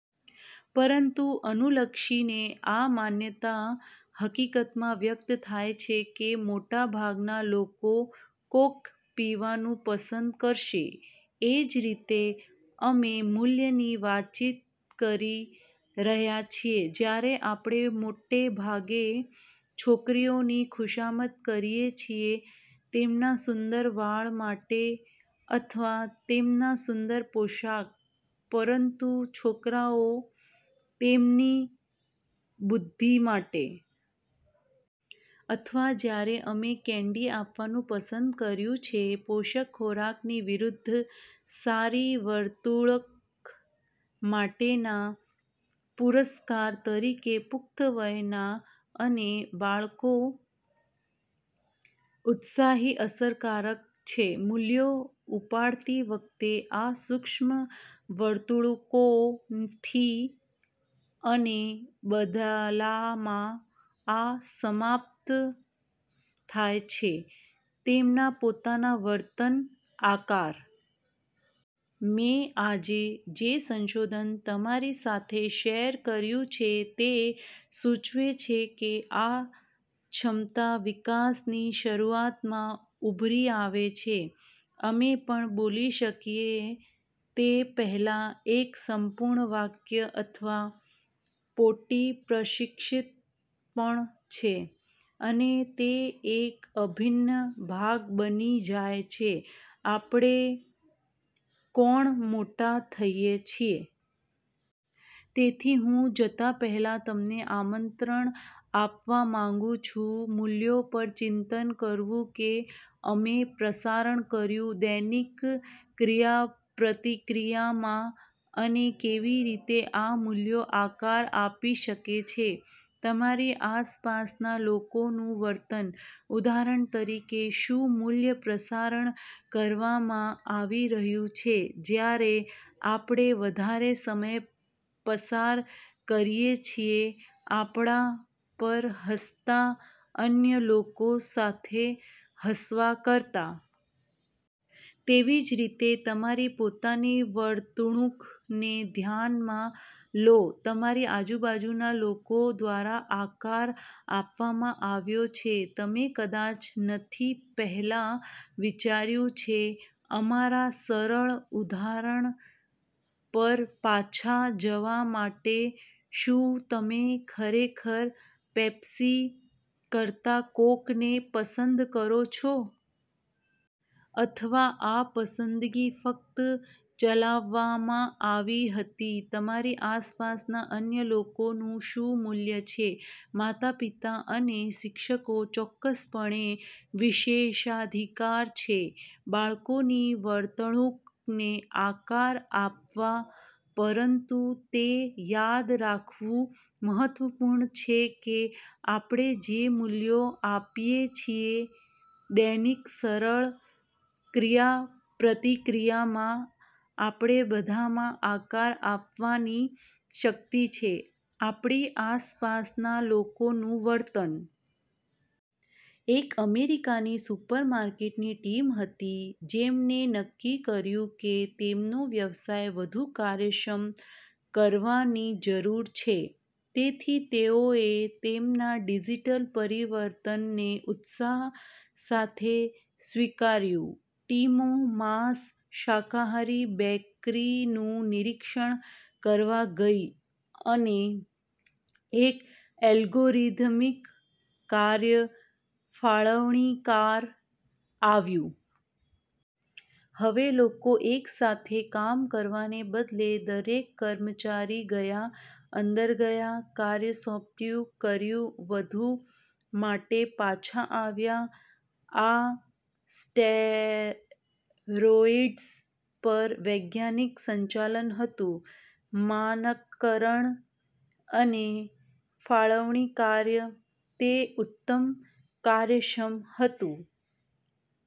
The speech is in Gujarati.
પરંતુ અનુલક્ષીને આ માન્યતા હકીકતમાં વ્યક્ત થાય છે કે મોટાભાગના લોકો કોક પીવાનું પસંદ કરશે. એ જ રીતે, અમે મૂલ્યની વાતચીત કરી રહ્યા છીએ જ્યારે આપણે મોટે ભાગે છોકરીઓની ખુશામત કરીએ છીએ તેમના સુંદર વાળ માટે અથવા તેમના સુંદર પોશાક પરંતુ છોકરાઓ તેમની બુદ્ધિ માટે. અથવા જ્યારે અમે કેન્ડી આપવાનું પસંદ કર્યું છે પોષક ખોરાકની વિરુદ્ધ સારી વર્તણૂક માટેના પુરસ્કાર તરીકે. પુખ્ત વયના અને બાળકો ઉત્સાહી અસરકારક છે મૂલ્યો ઉપાડતી વખતે આ સૂક્ષ્મ વર્તણૂકોથી. અને બદલામાં, આ સમાપ્ત થાય છે તેમના પોતાના વર્તન આકાર. મેં આજે જે સંશોધન તમારી સાથે શેર કર્યું છે તે સૂચવે છે કે આ ક્ષમતા વિકાસની શરૂઆતમાં ઉભરી આવે છે. અમે પણ બોલી શકીએ તે પહેલાં એક સંપૂર્ણ વાક્ય અથવા પોટી-પ્રશિક્ષિત પણ છે અને તે એક અભિન્ન ભાગ બની જાય છે આપણે કોણ મોટા થઈએ છીએ. તેથી હું જતા પહેલાં તમને આમંત્રણ આપવા માંગુ છું મૂલ્યો પર ચિંતન કરવું કે અમે પ્રસારણ કર્યું દૈનિક ક્રિયાપ્રતિક્રિયામાં અને કેવી રીતે આ મૂલ્યો આકાર આપી શકે છે તમારી આસપાસના લોકોનું વર્તન. ઉદાહરણ તરીકે, શું મૂલ્ય પ્રસારણ કરવામાં આવી રહ્યું છે જ્યારે આપણે વધારે સમય પસાર કરીએ છીએ આપણા પર હસતાં અન્ય લોકો સાથે હસવા કરતાં? તેવી જ રીતે, તમારી પોતાની વર્તણૂકને ધ્યાનમાં લો તમારી આજુબાજુના લોકો દ્વારા આકાર આપવામાં આવ્યો છે, તમે કદાચ નથી પહેલાં વિચાર્યું છે. અમારા સરળ ઉદાહરણ પર પાછા જવા માટે શું તમે ખરેખર પેપ્સી કરતા કોકને પસંદ કરો છો? અથવા આ પસંદગી ફક્ત ચલાવવામાં આવી હતી તમારી આસપાસના અન્ય લોકોનું શું મૂલ્ય છે? માતાપિતા અને શિક્ષકો ચોક્કસપણે વિશેષાધિકાર છે બાળકોની વર્તણૂકને આકાર આપવા. પરંતુ તે યાદ રાખવું મહત્વપૂર્ણ છે કે આપણે જે મૂલ્યો આપીએ છીએ દૈનિક સરળ ક્રિયાપ્રતિક્રિયામાં, આપણે બધામાં આકાર આપવાની શક્તિ છે આપણી આસપાસના લોકોનું વર્તન. એક અમેરિકાની સુપર માર્કેટની ટીમ હતી જેમને નક્કી કર્યું કે તેમનો વ્યવસાય વધુ કાર્યક્ષમ કરવાની જરૂર છે. તેથી તેઓએ તેમના ડિજિટલ પરિવર્તનને ઉત્સાહ સાથે સ્વીકાર્યું. ટીમો માંસ, શાકાહારી, બેકરીનું નિરીક્ષણ કરવા ગઈ અને એક અલ્ગોરિધ્મિક કાર્ય ફાળવણીકાર આવ્યું. હવે, લોકો એક સાથે કામ કરવાને બદલે દરેક કર્મચારી ગયા, અંદર ગયા, કાર્ય સોંપ્યું, કર્યું, વધુ માટે પાછા આવ્યા. આ સ્ટેરોઇડ્સ પર વૈજ્ઞાનિક સંચાલન હતુ માનકકરણ અને ફાળવણી કાર્ય. તે ઉત્તમ કાર્યક્ષમ હતું.